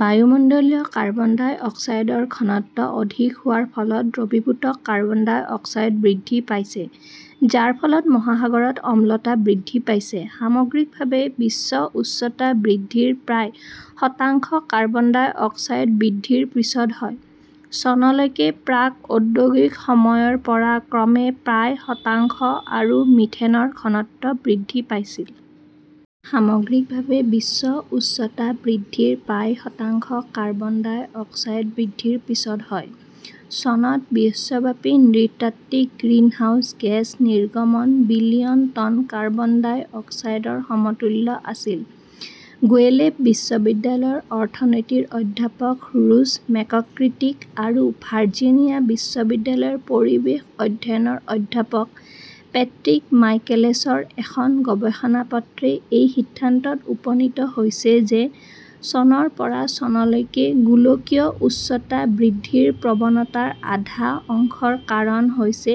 বায়ুমণ্ডলীয় কাৰ্বন ডাই অক্সাইডৰ ঘনত্ব অধিক হোৱাৰ ফলত দ্ৰবীভূত কাৰ্বন ডাই অক্সাইড বৃদ্ধি পাইছে, যাৰ ফলত মহাসাগৰত অম্লতা বৃদ্ধি পাইছে। সামগ্ৰিকভাৱে, বিশ্ব উষ্ণতা বৃদ্ধিৰ প্ৰায় শতাংশ কাৰ্বন ডাই অক্সাইড বৃদ্ধিৰ পিছত হয়। চনলৈকে, প্ৰাক-ঔদ্যোগিক সময়ৰ পৰা ক্ৰমে প্ৰায় শতাংশ আৰু মিথেনৰ ঘনত্ব বৃদ্ধি পাইছিল। সামগ্ৰিকভাৱে, বিশ্ব উষ্ণতা বৃদ্ধিৰ প্ৰায় শতাংশ কাৰ্বন ডাই অক্সাইড বৃদ্ধিৰ পিছত হয়। চনত বিশ্বব্যাপী নৃতাত্ত্বিক গ্ৰিনহাউস গেছ নিৰ্গমন বিলিয়ন টন কাৰ্বন ডাই অক্সাইডৰ সমতুল্য আছিল। গুয়েলফ বিশ্ববিদ্যালয়ৰ অৰ্থনীতিৰ অধ্যাপক ৰছ মেককিট্ৰিক আৰু ভাৰ্জিনিয়া বিশ্ববিদ্যালয়ৰ পৰিৱেশ অধ্যয়নৰ অধ্যাপক পেট্ৰিক মাইকেলছৰ এখন গৱেষণাপত্ৰে এই সিদ্ধান্তত উপনীত হৈছে যে চনৰ পৰা চনলৈকে গোলকীয় উষ্ণতা বৃদ্ধিৰ প্ৰৱণতাৰ আধা অংশৰ কাৰণ হৈছে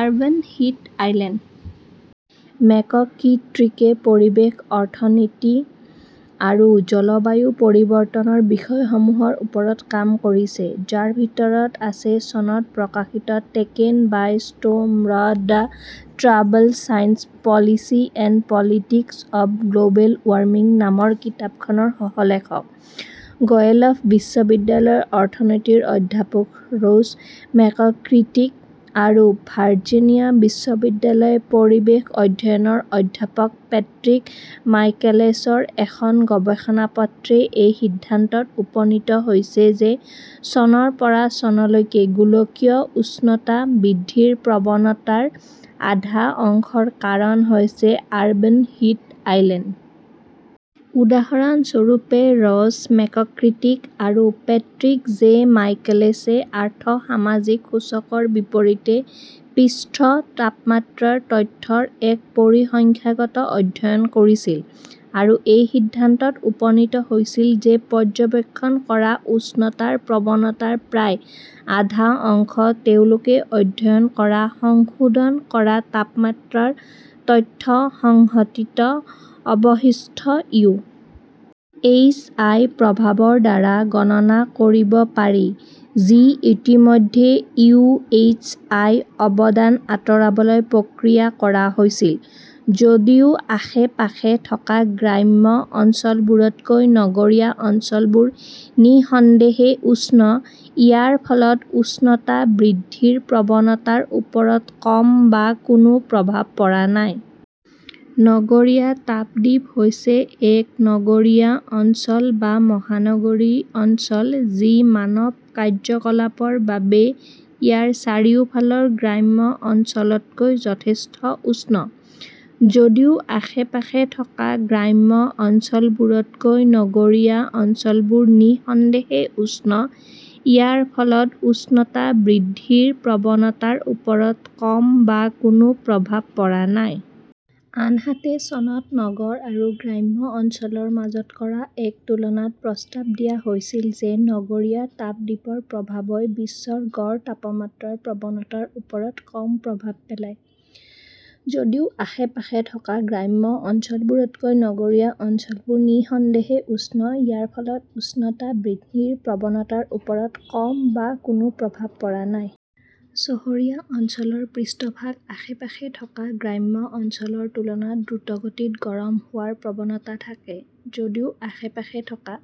আৰবান হিট আইলেণ্ড। মেককিট্ৰিকে পৰিৱেশ অৰ্থনীতি আৰু জলবায়ু পৰিৱৰ্তনৰ বিষয়সমূহৰ ওপৰত কাম কৰিছে, যাৰ ভিতৰত আছে চনত প্ৰকাশিত taken by 'storm the troubled science, policy and politics of global warming নামৰ কিতাপখনৰ সহ-লেখক। গুয়েলফ বিশ্ববিদ্যালয়ৰ অৰ্থনীতিৰ অধ্যাপক ৰছ মেককিট্ৰিক আৰু ভাৰ্জিনিয়া বিশ্ববিদ্যালয়ৰ পৰিৱেশ অধ্যয়নৰ অধ্যাপক পেট্ৰিক মাইকেলছৰ এখন গৱেষণাপত্ৰে এই সিদ্ধান্তত উপনীত হৈছে যে চনৰ পৰা চনলৈকে গোলকীয় উষ্ণতা বৃদ্ধিৰ প্ৰৱণতাৰ আধা অংশৰ কাৰণ হৈছে আৰবান হিট আইলেণ্ড। উদাহৰণস্বৰূপে, ৰছ মেককিট্ৰিক আৰু পেট্ৰিক জে. মাইকেলছে আৰ্থ-সামাজিক সূচকৰ বিপৰীতে পৃষ্ঠ-তাপমাত্ৰাৰ তথ্যৰ এক পৰিসংখ্যাগত অধ্যয়ন কৰিছিল, আৰু এই সিদ্ধান্তত উপনীত হৈছিল যে পৰ্যবেক্ষণ কৰা উষ্ণতাৰ প্ৰৱণতাৰ প্ৰায় আধা অংশ তেওঁলোকে অধ্যয়ন কৰা সংশোধন কৰা তাপমাত্ৰাৰ তথ্য সংহতিত অৱশিষ্ট ইউ. এইচ. আই. প্ৰভাৱৰ দ্বাৰা গণনা কৰিব পাৰি-যি ইতিমধ্যে ইউ. এইচ. আই. অৱদান আঁতৰাবলৈ প্ৰক্ৰিয়া কৰা হৈছিল। যদিও আশে-পাশে থকা গ্ৰাম্য অঞ্চলবোৰতকৈ নগৰীয়া অঞ্চলবোৰ নিঃসন্দেহে উষ্ণ, ইয়াৰ ফলত উষ্ণতা বৃদ্ধিৰ প্ৰৱণতাৰ ওপৰত কম বা কোনো প্ৰভাৱ পৰা নাই। নগৰীয়া তাপ দ্বীপ হৈছে এক নগৰীয়া অঞ্চল বা মহানগৰী অঞ্চল যি মানৱ কাৰ্যকলাপৰ বাবে ইয়াৰ চাৰিওফালৰ গ্ৰাম্য অঞ্চলতকৈ যথেষ্ট উষ্ণ। যদিও আশে-পাশে থকা গ্ৰাম্য অঞ্চলবোৰতকৈ নগৰীয়া অঞ্চলবোৰ নিঃসন্দেহে উষ্ণ, ইয়াৰ ফলত উষ্ণতা বৃদ্ধিৰ প্ৰৱণতাৰ ওপৰত কম বা কোনো প্ৰভাৱ পৰা নাই। আনহাতে, চনত নগৰ আৰু গ্ৰাম্য অঞ্চলৰ মাজত কৰা এক তুলনাত প্ৰস্তাৱ দিয়া হৈছিল যে নগৰীয়া তাপ দ্বীপৰ প্ৰভাৱই বিশ্বৰ গড় তাপমাত্ৰাৰ প্ৰৱণতাৰ ওপৰত কম প্ৰভাৱ পেলায়। যদিও আশে-পাশে থকা গ্ৰাম্য অঞ্চলবোৰতকৈ নগৰীয়া অঞ্চলবোৰ নিঃসন্দেহে উষ্ণ, ইয়াৰ ফলত উষ্ণতা বৃদ্ধিৰ প্ৰৱণতাৰ ওপৰত কম বা কোনো প্ৰভাৱ পৰা নাই। চহৰীয়া অঞ্চলৰ পৃষ্ঠভাগ আশে-পাশে থকা গ্ৰাম্য অঞ্চলৰ তুলনাত দ্ৰুতগতিত গৰম হোৱাৰ প্ৰৱণতা থাকে। যদিও আশে-পাশে থকা